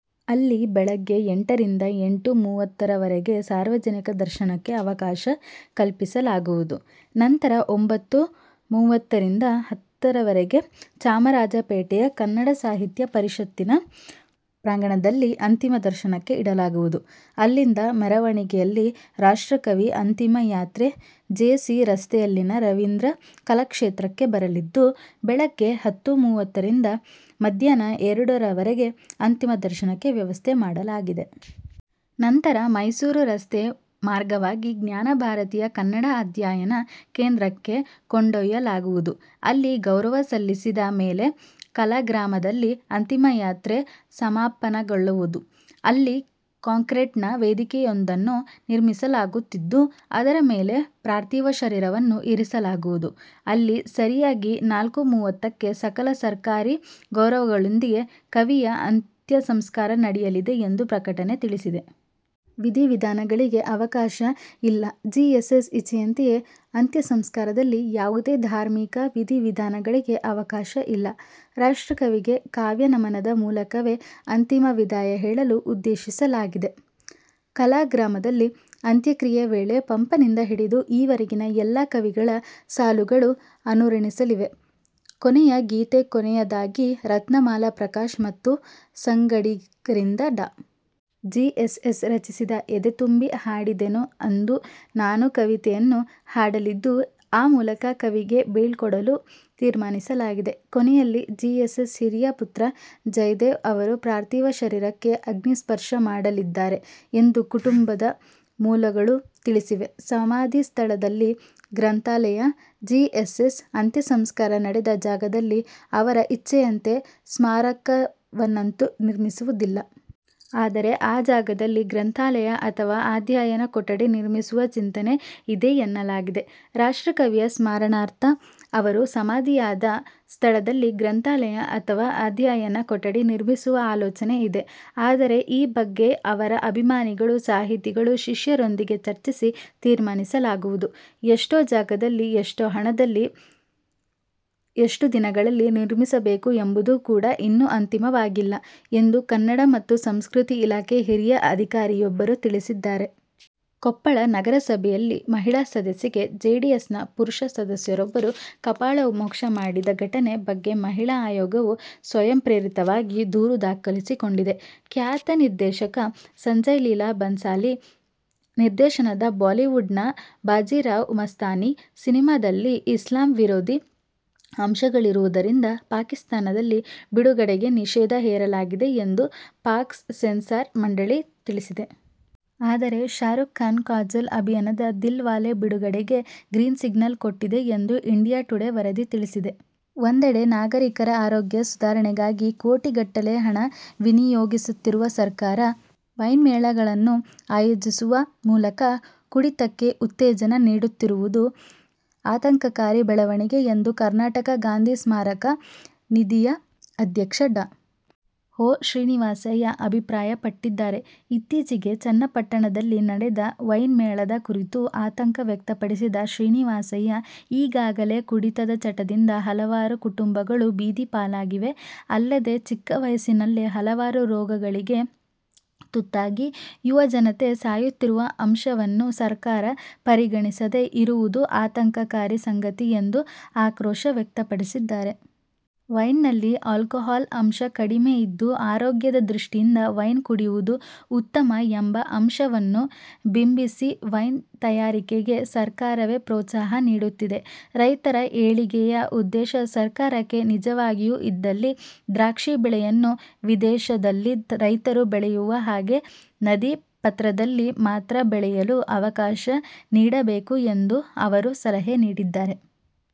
ಅಲ್ಲಿ ಬೆಳಗ್ಗೆ ಎಂಟರಿಂದ ಎಂಟು:ಮೂವತ್ತುರವರೆಗೆ ಸಾರ್ವಜನಿಕ ದರ್ಶನಕ್ಕೆ ಅವಕಾಶ ಕಲ್ಪಿಸಲಾಗುವುದು. ನಂತರ ಒಂಬತ್ತ: ಮೂವತ್ತ ರಿಂದ ಹತ್ತರವರೆಗೆ ಚಾಮರಾಜಪೇಟೆಯ ಕನ್ನಡ ಸಾಹಿತ್ಯ ಪರಿಷತ್ತಿನ ಪ್ರಾಂಗಣದಲ್ಲಿ ಅಂತಿಮ ದರ್ಶನಕ್ಕೆ ಇಡಲಾಗುವುದು. ಅಲ್ಲಿಂದ ಮೆರವಣಿಗೆಯಲ್ಲಿ ರಾಷ್ಟ್ರಕವಿಯ ಅಂತಿಮ ಯಾತ್ರೆ ಜೆ. ಸಿ. ರಸ್ತೆಯಲ್ಲಿನ ರವೀಂದ್ರ ಕಲಾಕ್ಷೇತ್ರಕ್ಕೆ ಬರಲಿದ್ದು, ಬೆಳಗ್ಗೆ ಹತ್ತು: ಮೂವತ್ತರಿಂದ ಮಧ್ಯಾಹ್ನ ಎರಡರವರೆಗೆ ಅಂತಿಮ ದರ್ಶನಕ್ಕೆ ವ್ಯವಸ್ಥೆ ಮಾಡಲಾಗಿದೆ. ನಂತರ ಮೈಸೂರು ರಸ್ತೆ ಮಾರ್ಗವಾಗಿ ಜ್ಞಾನಭಾರತಿಯ ಕನ್ನಡ ಅಧ್ಯಯನ ಕೇಂದ್ರಕ್ಕೆ ಕೊಂಡೊಯ್ಯಲಾಗುವುದು. ಅಲ್ಲಿ ಗೌರವ ಸಲ್ಲಿಸಿದ ಮೇಲೆ ಕಲಾಗ್ರಾಮದಲ್ಲಿ ಅಂತಿಮಯಾತ್ರೆ ಸಮಾಪನಗೊಳ್ಳುವುದು. ಅಲ್ಲಿ ಕಾಂಕ್ರೀಟ್ನ ವೇದಿಕೆಯೊಂದನ್ನು ನಿರ್ಮಿಸಲಾಗುತ್ತಿದ್ದು, ಅದರ ಮೇಲೆ ಪಾರ್ಥಿವ ಶರೀರವನ್ನು ಇರಿಸಲಾಗುವುದು. ಅಲ್ಲಿ ಸರಿಯಾಗಿ ನಾಲ್ಕು:ಮೂವತ್ತಕ್ಕೆ ಸಕಲ ಸರ್ಕಾರಿ ಗೌರವಗಳೊಂದಿಗೆ ಕವಿಯ ಅಂತ್ಯಸಂಸ್ಕಾರ ನಡೆಯಲಿದೆ ಎಂದು ಪ್ರಕಟಣೆ ತಿಳಿಸಿದೆ. ವಿಧಿ-ವಿಧಾನಗಳಿಗೆ ಅವಕಾಶ ಇಲ್ಲಜಿಎಸ್ಎಸ್ ಇಚ್ಛೆಯಂತೆಯೇ ಅಂತ್ಯಸಂಸ್ಕಾರದಲ್ಲಿ ಯಾವುದೇ ಧಾರ್ಮಿಕ ವಿಧಿ-ವಿಧಾನಗಳಿಗೆ ಅವಕಾಶ ಇಲ್ಲ. ರಾಷ್ಟ್ರಕವಿಗೆ ಕಾವ್ಯನಮನದ ಮೂಲಕವೇ ಅಂತಿಮ ವಿದಾಯ ಹೇಳಲು ಉದ್ದೇಶಿಸಲಾಗಿದೆ. ಕಲಾಗ್ರಾಮದಲ್ಲಿ ಅಂತ್ಯಕ್ರಿಯೆ ವೇಳೆ ಪಂಪನಿಂದ ಹಿಡಿದು ಈವರೆಗಿನ ಎಲ್ಲ ಕವಿಗಳ ಸಾಲುಗಳು ಅನುರಣಿಸಲಿವೆ. ಕೊನೆಯ ಗೀತೆಕೊನೆಯದಾಗಿ ರತ್ನಮಾಲಾ ಪ್ರಕಾಶ್ ಮತ್ತು ಸಂಗಡಿಗರಿಂದ ಡಾ. ಜಿಎಸ್ಎಸ್ ರಚಿಸಿದ ಎದೆತುಂಬಿ ಹಾಡೆದೆನು ಅಂದು ನಾನು ಕವಿತೆಯನ್ನು ಹಾಡಲಿದ್ದು, ಆ ಮೂಲಕ ಕವಿಗೆ ಬೀಳ್ಕೊಡಲು ತೀರ್ಮಾನಿಸಲಾಗಿದೆ. ಕೊನೆಯಲ್ಲಿ ಜಿಎಸ್ಎಸ್ ಹಿರಿಯ ಪುತ್ರ ಜಯದೇವ ಅವರು ಪಾರ್ಥಿವ ಶರೀರಕ್ಕೆ ಅಗ್ನಿಸ್ಪರ್ಶ ಮಾಡಲಿದ್ದಾರೆ ಎಂದು ಕುಟುಂಬದ ಮೂಲಗಳು ತಿಳಿಸಿವೆ. ಸಮಾಧಿ ಸ್ಥಳದಲ್ಲಿ ಗ್ರಂಥಾಲಯ? ಜಿಎಸ್ಎಸ್ ಅಂತ್ಯಸಂಸ್ಕಾರ ನಡೆದ ಜಾಗದಲ್ಲಿ ಅವರ ಇಚ್ಛೆಯಂತೆ ಸ್ಮಾರಕವನ್ನಂತೂ ನಿರ್ಮಿಸುವುದಿಲ್ಲ. ಆದರೆ, ಆ ಜಾಗದಲ್ಲಿ ಗ್ರಂಥಾಲಯ ಅಥವಾ ಅಧ್ಯಯನ ಕೊಠಡಿ ನಿರ್ಮಿಸುವ ಚಿಂತನೆ ಇದೆ ಎನ್ನಲಾಗಿದೆ. ರಾಷ್ಟ್ರಕವಿಯ ಸ್ಮರಣಾರ್ಥ ಅವರು ಸಮಾಧಿಯಾದ ಸ್ಥಳದಲ್ಲಿ ಗ್ರಂಥಾಲಯ ಅಥವಾ ಅಧ್ಯಯನ ಕೊಠಡಿ ನಿರ್ಮಿಸುವ ಆಲೋಚನೆ ಇದೆ. ಆದರೆ, ಈ ಬಗ್ಗೆ ಅವರ ಅಭಿಮಾನಿಗಳು, ಸಾಹಿತಿಗಳು, ಶಿಷ್ಯರೊಂದಿಗೆ ಚರ್ಚಿಸಿ ತೀರ್ಮಾನಿಸಲಾಗುವುದು. ಎಷ್ಟು ಜಾಗದಲ್ಲಿ, ಎಷ್ಟು ಹಣದಲ್ಲಿ, ಎಷ್ಟು ದಿನಗಳಲ್ಲಿ ನಿರ್ಮಿಸಬೇಕು ಎಂಬುದು ಕೂಡ ಇನ್ನೂ ಅಂತಿಮವಾಗಿಲ್ಲ ಎಂದು ಕನ್ನಡ ಮತ್ತು ಸಂಸ್ಕೃತಿ ಇಲಾಖೆ ಹಿರಿಯ ಅಧಿಕಾರಿಯೊಬ್ಬರು ತಿಳಿಸಿದ್ದಾರೆ. ಕೊಪ್ಪಳ ನಗರಸಭೆಯಲ್ಲಿ ಮಹಿಳಾ ಸದಸ್ಯೆಗೆ ಜೆಡಿಎಸ್ನ ಪುರುಷ ಸದಸ್ಯರೊಬ್ಬರು ಕಪಾಳ ಮೋಕ್ಷ ಮಾಡಿದ ಘಟನೆ ಬಗ್ಗೆ ಮಹಿಳಾ ಆಯೋಗವು ಸ್ವಯಂಪ್ರೇರಿತವಾಗಿ ದೂರು ದಾಖಲಿಸಿಕೊಂಡಿದೆ. ಖ್ಯಾತ ನಿರ್ದೇಶಕ ಸಂಜಯ್ ಲೀಲಾ ಬನ್ಸಾಲಿ ನಿರ್ದೇಶನದ ಬಾಲಿವುಡ್ ನ ಬಾಜಿರಾವ್ ಮಸ್ತಾನಿ ಸಿನಿಮಾದಲ್ಲಿ ಇಸ್ಲಾಂ ವಿರೋಧಿ ಅಂಶಗಳಿರುವುದರಿಂದ ಪಾಕಿಸ್ತಾನದಲ್ಲಿ ಬಿಡುಗಡೆಗೆ ನಿಷೇಧ ಹೇರಲಾಗಿದೆ ಎಂದು ಪಾಕ್ ಸೆನ್ಸಾರ್ ಮಂಡಳಿ ತಿಳಿಸಿದೆ. ಆದರೆ ಶಾರುಕ್ ಖಾನ್, ಕಾಜೋಲ್ ಅಭಿನಯದ ದಿಲ್ ವಾಲೆ ಬಿಡುಗಡೆಗೆ ಗ್ರೀನ್ ಸಿಗ್ನಲ್ ಕೊಟ್ಟಿದೆ ಎಂದು ಇಂಡಿಯಾ ಟುಡೇ ವರದಿ ತಿಳಿಸಿದೆ. ಒಂದೆಡೆ ನಾಗರಿಕರ ಆರೋಗ್ಯ ಸುಧಾರಣೆಗಾಗಿ ಕೋಟಿಗಟ್ಟಲೇ ಹಣ ವಿನಿಯೋಗಿಸುತ್ತಿರುವ ಸರ್ಕಾರ, ವೈನ್ಮೇಳಗಳನ್ನು ಆಯೋಜಿಸುವ ಮೂಲಕ ಕುಡಿತಕ್ಕೆ ಉತ್ತೇಜನ ನೀಡುತ್ತಿರುವುದು ಆತಂಕಕಾರಿ ಬೆಳವಣಿಗೆ ಎಂದು ಕರ್ನಾಟಕ ಗಾಂಧೀ ಸ್ಮಾರಕ ನಿಧಿಯ ಅಧ್ಯಕ್ಷ ಡಾ. ಹೊ. ಶ್ರೀನಿವಾಸಯ್ಯ ಅಭಿಪ್ರಾಯಪಟ್ಟಿದ್ದಾರೆ. ಇತ್ತೀಚೆಗೆ ಚನ್ನಪಟ್ಟಣದಲ್ಲಿ ನಡೆದ ವೈನ್ಮೇಳದ ಕುರಿತು ಆತಂಕ ವ್ಯಕ್ತಪಡಿಸಿದ ಶ್ರೀನಿವಾಸಯ್ಯ, ಈಗಾಗಲೇ ಕುಡಿತದ ಚಟದಿಂದ ಹಲವಾರು ಕುಟುಂಬಗಳು ಬೀದಿ ಪಾಲಾಗಿವೆ. ಅಲ್ಲದೇ ಚಿಕ್ಕವಯಸ್ಸಿನಲ್ಲೇ ಹಲವಾರು ರೋಗಗಳಿಗೆ ತುತ್ತಾಗಿ ಯುವಜನತೆ ಸಾಯುತ್ತಿರುವ ಅಂಶವನ್ನು ಸರ್ಕಾರ ಪರಿಗಣಿಸದೇ ಇರುವುದು ಆತಂಕಕಾರಿ ಸಂಗತಿ ಎಂದು ಆಕ್ರೋಶ ವ್ಯಕ್ತಪಡಿಸಿದ್ದಾರೆ. ವೈನ್ನಲ್ಲಿ ಆಲ್ಕೋಹಾಲ್ ಅಂಶ ಕಡಿಮೆ ಇದ್ದು, ಆರೋಗ್ಯದ ದೃಷ್ಟಿಯಿಂದ ವೈನ್ ಕುಡಿಯುವುದು ಉತ್ತಮ ಎಂಬ ಅಂಶವನ್ನು ಬಿಂಬಿಸಿ ವೈನ್ ತಯಾರಿಕೆಗೆ ಸರ್ಕಾರವೇ ಪ್ರೋತ್ಸಾಹ ನೀಡುತ್ತಿದೆ. ರೈತರ ಏಳಿಗೆಯ ಉದ್ದೇಶ ಸರ್ಕಾರಕ್ಕೆ ನಿಜವಾಗಿಯೂ ಇದ್ದಲ್ಲಿ ದ್ರಾಕ್ಷಿ ಬೆಳೆಯನ್ನು ವಿದೇಶದಲ್ಲಿ ರೈತರು ಬೆಳೆಯುವ ಹಾಗೆ ನದಿ ಪಾತ್ರದಲ್ಲಿ ಮಾತ್ರ ಬೆಳೆಯಲು ಅವಕಾಶ ನೀಡಬೇಕು ಎಂದು ಅವರು ಸಲಹೆ ನೀಡಿದ್ದಾರೆ.